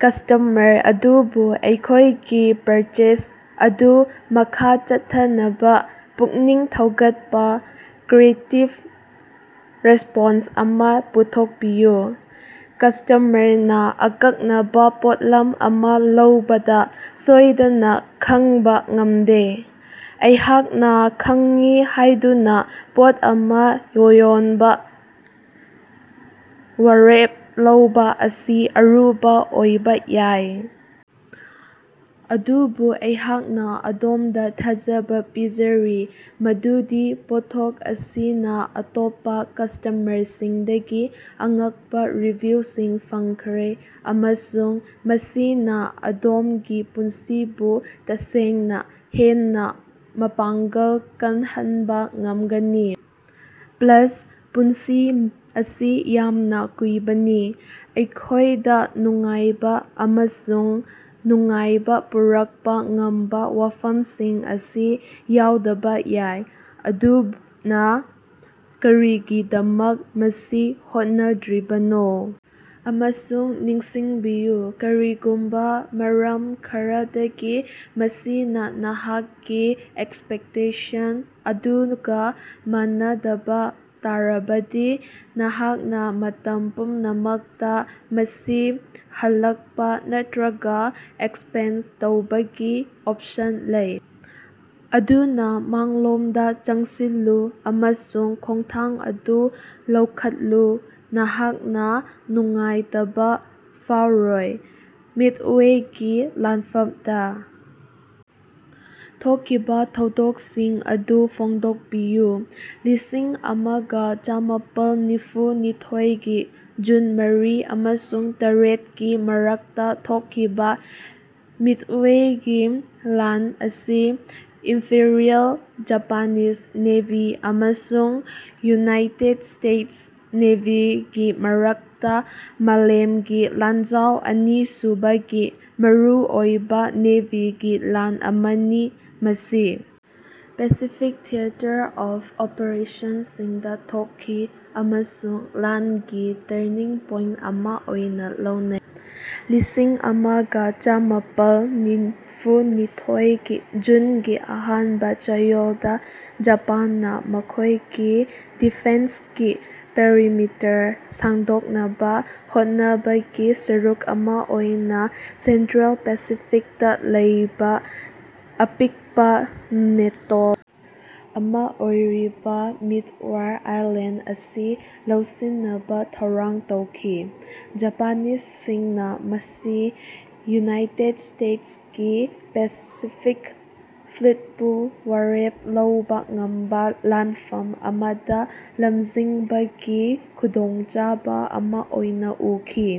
Customer ꯑꯗꯨꯕꯨ ꯑꯈꯣꯏꯒꯤ purchase ꯑꯗꯨ ꯃꯈꯥ ꯆꯠꯊꯅꯕ ꯄꯨꯛꯅꯤꯡ ꯊꯧꯒꯠꯄ ꯀ꯭ꯔꯤꯌꯦꯇꯤꯕ ꯔꯦꯁꯄꯣꯟꯁ ꯑꯃ ꯄꯨꯊꯣꯛꯄꯤꯌꯨ꯫ ꯀꯁ꯭ꯇꯃꯔꯅ ꯑꯀꯛꯅꯕ ꯄꯣꯠꯂꯝ ꯑꯃ ꯂꯧꯕꯗ ꯁꯣꯏꯗꯅ ꯈꯪꯕ ꯉꯝꯗꯦ꯫ ꯑꯩꯍꯥꯛꯅ ꯈꯪꯏ ꯍꯥꯏꯗꯨꯅ ꯄꯣꯠ ꯑꯃ ꯌꯣꯟꯕ‌ ꯋꯥꯔꯦꯞ ꯂꯧꯕ ꯑꯁꯤ ꯑꯔꯨꯕ ꯑꯣꯏꯕ ꯌꯥꯏ, ꯑꯗꯨꯕꯨ ꯑꯩꯍꯥꯛꯅ ꯑꯗꯣꯝꯗ ꯊꯥꯖꯕ ꯄꯤꯖꯔꯤ ꯃꯗꯨꯗꯤ ꯄꯣꯠꯊꯣꯛ ꯑꯁꯤꯅ ꯑꯇꯣꯞꯄ ꯀꯁ꯭ꯇꯃꯔꯁꯤꯡꯗꯒꯤ ꯑꯉꯛꯄ ꯔꯤꯚ꯭ꯌꯨꯁꯤꯡ ꯐꯪꯈ꯭ꯔꯦ ꯑꯃꯁꯨꯡ ꯃꯁꯤꯅ ꯑꯗꯣꯝꯒꯤ ꯄꯨꯟꯁꯤꯕꯨ ꯇꯁꯦꯡꯅ ꯍꯦꯟꯅ ꯃꯄꯥꯡꯒꯜ ꯀꯜꯍꯟꯕ ꯉꯝꯒꯅꯤ꯫ ꯄ꯭ꯂꯥꯁ, ꯄꯨꯟꯁꯤ ꯑꯁꯤ ꯌꯥꯝꯅ ꯀꯨꯏꯕꯅꯤ, ꯑꯩꯈꯣꯏꯗ ꯅꯨꯡꯉꯥꯏꯕ ꯑꯃꯁꯨꯡ ꯅꯨꯡꯉꯥꯏꯕ ꯄꯨꯔꯛꯄ ꯉꯝꯕ ꯋꯥꯐꯝꯁꯤꯡ ꯑꯁꯤ ꯌꯥꯎꯗꯕ ꯌꯥꯏ, ꯑꯗꯨꯅ ꯀꯔꯤꯒꯤꯗꯃꯛ ꯃꯁꯤ ꯍꯣꯠꯅꯗ꯭ꯔꯤꯕꯅꯣ? ꯑꯃꯁꯨꯡ ꯅꯤꯡꯁꯤꯡꯕꯤꯌꯨ, ꯀꯔꯤꯒꯨꯝꯕꯥ ꯃꯔꯝ ꯈꯔꯗꯒꯤ ꯃꯁꯤꯅ ꯅꯍꯥꯛꯀꯤ ꯑꯦꯛꯁꯄꯦꯛꯇꯦꯁꯟ ꯑꯗꯨꯒ‌ ꯃꯥꯟꯅꯗꯕ ꯇꯥꯔꯕꯗꯤ, ꯅꯍꯥꯛꯅ ꯃꯇꯝ ꯄꯨꯝꯅꯃꯛꯇ ꯃꯁꯤ ꯍꯜꯂꯛꯄ ꯅꯠꯇꯔꯒ ꯑꯦꯛꯁꯆꯦꯟꯖ ꯇꯧꯕꯒꯤ ꯑꯣꯞꯁꯟ ꯂꯩ꯫ ꯑꯗꯨꯅ ꯃꯥꯡꯂꯣꯝꯗ ꯆꯪꯁꯤꯜꯂꯨ ꯑꯃꯁꯨꯡ ꯈꯣꯡꯊꯥꯡ ꯑꯗꯨ ꯂꯧꯈꯠꯂꯨ, ꯅꯍꯥꯛꯅ ꯅꯨꯡꯉꯥꯏꯇꯕ ꯐꯥꯎꯔꯣꯏ꯫ ꯃꯤꯗꯋꯦꯌꯔꯒꯤ ꯂꯥꯟꯐꯞꯗ ꯊꯣꯛꯈꯤꯕ ꯊꯧꯗꯣꯛꯁꯤꯡ ꯑꯗꯨ ꯐꯣꯡꯗꯣꯛꯄꯤꯌꯨ꯫ ꯂꯤꯁꯤꯡ ꯑꯃꯒ ꯆꯃꯥꯄꯜ ꯅꯤꯐꯨꯅꯤꯊꯣꯏꯒꯤ ꯖꯨꯟ ꯃꯔꯤ ꯑꯃꯁꯨꯡ ꯇꯔꯦꯠꯀꯤ ꯃꯔꯛꯇ ꯊꯣꯛꯈꯤꯕ ꯃꯤꯗꯋꯦꯌꯔꯒꯤ ꯂꯥꯟ ꯑꯁꯤ ꯏꯝꯄꯤꯔꯤꯑꯦꯜ ꯖꯄꯥꯅꯤꯖ ꯅꯦꯚꯤ ꯑꯃꯁꯨꯡ ꯌꯨꯅꯥꯏꯇꯦꯗ ꯁ꯭ꯇꯦꯇꯁ ꯅꯦꯚꯤꯒꯤ ꯃꯔꯛꯇ ꯃꯥꯂꯦꯝꯒꯤ ꯂꯥꯟꯖꯥꯎ ꯑꯅꯤꯁꯨꯕꯒꯤ ꯃꯔꯨꯑꯣꯏꯕ ꯅꯦꯚꯤꯒꯤ ꯂꯥꯟ ꯑꯃꯅꯤ꯫ ꯃꯁꯤ ꯄꯦꯁꯤꯐꯤꯛ ꯊꯤꯌꯦꯇꯔ ꯑꯣꯐ ꯑꯣꯄ꯭ꯔꯦꯁꯟꯁꯤꯡꯗ ꯊꯣꯛꯈꯤ, ꯑꯃꯁꯨꯡ ꯂꯥꯟꯒꯤ ꯇꯔꯅꯤꯡ ꯄꯣꯏꯟꯇ ꯑꯃ ꯑꯣꯏꯅ ꯂꯧꯅꯩ꯫ ꯂꯤꯁꯤꯡ ꯑꯃꯒ ꯆꯃꯥꯄꯜ ꯅꯤꯐꯨꯅꯤꯊꯣꯏꯒꯤ ꯖꯨꯟꯒꯤ ꯑꯍꯥꯟꯕ ꯆꯌꯣꯜꯗ ꯖꯄꯥꯟꯅ‌ ꯃꯈꯣꯏꯒꯤ ꯗꯤꯐꯦꯟꯁꯀꯤ ꯄꯦꯔꯤꯃꯤꯇꯔ ꯁꯥꯡꯗꯣꯛꯅꯕ ꯍꯣꯠꯅꯕꯒꯤ ꯁꯔꯨꯛ ꯑꯃ ꯑꯣꯏꯅ ꯁꯦꯟꯇ꯭ꯔꯦꯜ ꯄꯦꯁꯤꯐꯤꯛꯇ ꯂꯩꯕ ꯑꯄꯤꯛꯄ‌ ꯑꯦꯇꯣꯜ ꯑꯃ ꯑꯣꯏꯔꯤꯕ ꯃꯤꯗꯋꯦꯌꯔ ꯑꯥꯏꯂꯦꯟꯗ ꯑꯁꯤ ꯂꯧꯁꯤꯟꯅꯕ ꯊꯧꯔꯥꯡ ꯇꯧꯈꯤ꯫ ꯖꯄꯥꯅꯤꯖꯁꯤꯡꯅ ꯃꯁꯤ ꯌꯨꯅꯥꯏꯇꯦꯗ ꯁ꯭ꯇꯦꯇꯁꯀꯤ ꯄꯦꯁꯤꯐꯤꯛ ꯐ꯭ꯂꯤꯠꯄꯨ ꯋꯥꯔꯦꯞ ꯂꯧꯕ ꯉꯝꯕ ꯂꯥꯟꯐꯝ ꯑꯃꯗ ꯂꯝꯖꯤꯡꯕꯒꯤ ꯈꯨꯗꯣꯡꯆꯥꯕ ꯑꯃ ꯑꯣꯏꯅ ꯎꯈꯤ꯫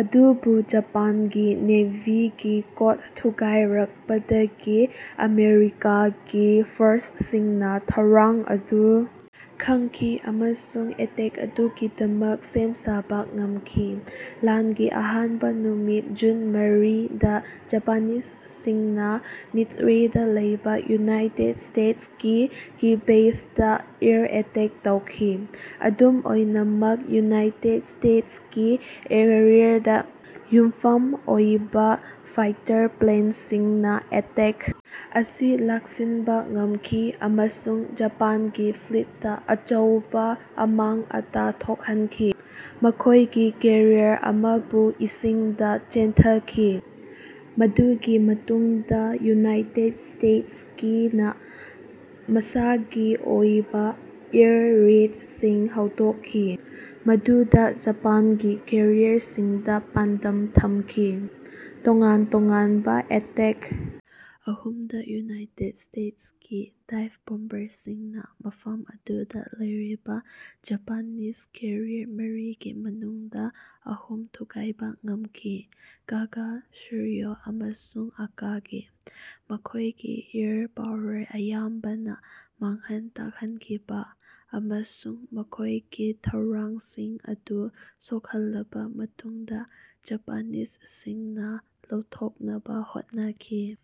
ꯑꯗꯨꯕꯨ ꯖꯄꯥꯟꯒꯤ ꯅꯦꯚꯤꯒꯤ ꯀꯣꯗ ꯊꯨꯒꯥꯏꯔꯛꯄꯗꯒꯤ ꯑꯃꯦꯔꯤꯀꯥꯒꯤ ꯐꯣꯔꯁꯁꯤꯡꯅ ꯊꯧꯔꯥꯡ ꯑꯗꯨ ꯈꯪꯈꯤ ꯑꯃꯁꯨꯡ ꯑꯦꯇꯦꯛꯇ ꯑꯗꯨꯒꯤꯗꯃꯛ ꯁꯦꯝ ꯁꯥꯕ ꯉꯝꯈꯤ꯫ ꯂꯥꯟꯒꯤ ꯑꯍꯥꯟꯕ ꯅꯨꯃꯤꯠ ꯖꯨꯟ ꯃꯔꯤ ꯗꯥ ꯖꯄꯥꯅꯤꯖꯁꯤꯡꯅ ꯃꯤꯗꯋꯦꯌꯔꯗꯥ ꯂꯩꯕ ꯌꯨꯅꯥꯏꯇꯦꯗ ꯁ꯭ꯇꯦꯇꯁꯀꯤ ꯀꯤ ꯕꯦꯖꯗꯥ ꯑꯦꯌꯔ ꯑꯦꯇꯦꯛ ꯇꯧꯈꯤ꯫ ꯑꯗꯨꯝ ꯑꯣꯏꯅꯃꯛ ꯌꯨꯅꯥꯏꯇꯦꯗ ꯁ꯭ꯇꯦꯇꯁꯀꯤ ꯑꯦꯔꯤꯌꯔꯗ ꯌꯨꯝꯐꯝ ꯑꯣꯏꯕ ꯐꯥꯏꯇꯔ ꯄ꯭ꯂꯦꯟꯁꯤꯡꯅ ꯑꯦꯇꯦꯛꯇ ꯑꯁꯤ ꯂꯥꯛꯁꯤꯟꯕ ꯉꯝꯈꯤ ꯑꯃꯁꯨꯡ ꯖꯄꯥꯟꯒꯤ ꯐ꯭ꯂꯤꯠꯇꯥ ꯑꯆꯧꯕ ꯑꯃꯥꯡ ꯑꯇꯥ ꯊꯣꯛꯍꯟꯈꯤ, ꯃꯈꯣꯏꯒꯤ ꯀꯦꯔꯤꯌꯔ ꯑꯃꯕꯨ ꯏꯁꯤꯡꯗ ꯆꯦꯟꯊꯈꯤ꯫ ꯃꯗꯨꯒꯤ ꯃꯇꯨꯡꯗꯥ ꯌꯨꯅꯥꯏꯇꯦꯗ ꯁ꯭ꯇꯦꯇꯁꯀꯤ ꯅ ꯃꯁꯥꯒꯤ ꯑꯣꯏꯕ ꯄꯦꯌꯔ ꯔꯦꯏꯗꯁꯤꯡ ꯍꯧꯗꯣꯛꯈꯤ, ꯃꯗꯨꯗ ꯖꯄꯥꯟꯒꯤ ꯀꯦꯔꯤꯌꯔꯁꯤꯡꯗ ꯄꯥꯟꯗꯝ ꯊꯝꯈꯤ꯫ ꯇꯣꯉꯥꯟ ꯇꯣꯉꯥꯟꯕ ꯑꯦꯇꯦꯛꯇ ꯑꯍꯨꯝꯗ ꯌꯨꯅꯥꯏꯇꯦꯗ ꯁ꯭ꯇꯦꯇꯁꯀꯤ ꯗꯥꯏꯕ ꯕꯣꯝꯕꯔꯁꯤꯡꯅ ꯃꯐꯝ ꯑꯗꯨꯗ ꯂꯩꯔꯤꯕ ꯖꯄꯥꯅꯤꯖ ꯀꯦꯔꯤꯌꯔ ꯃꯔꯤꯒꯤ ꯃꯅꯨꯡꯗ ꯑꯍꯨꯝ ꯊꯨꯒꯥꯏꯕ ꯉꯝꯈꯤ - ꯀꯥꯒꯥ, ꯁꯣꯔꯌꯨ ꯑꯃꯁꯨꯡ ꯑꯀꯥꯒꯤ꯫ ꯃꯈꯣꯏꯒꯤ ꯑꯦꯌꯔ ꯄꯥꯋꯔ ꯑꯌꯥꯝꯕꯅ ꯃꯥꯡꯍꯟ ꯇꯥꯛꯍꯟꯈꯤꯕ, ꯑꯃꯁꯨꯡ ꯃꯈꯣꯏꯒꯤ ꯊꯧꯔꯥꯡꯁꯤꯡ ꯑꯗꯨ ꯁꯣꯛꯍꯜꯂꯕ ꯃꯇꯨꯡꯗ ꯖꯄꯥꯅꯤꯖꯁꯤꯡꯅ ꯂꯧꯊꯣꯛꯅꯕ ꯍꯣꯠꯅꯈꯤ꯫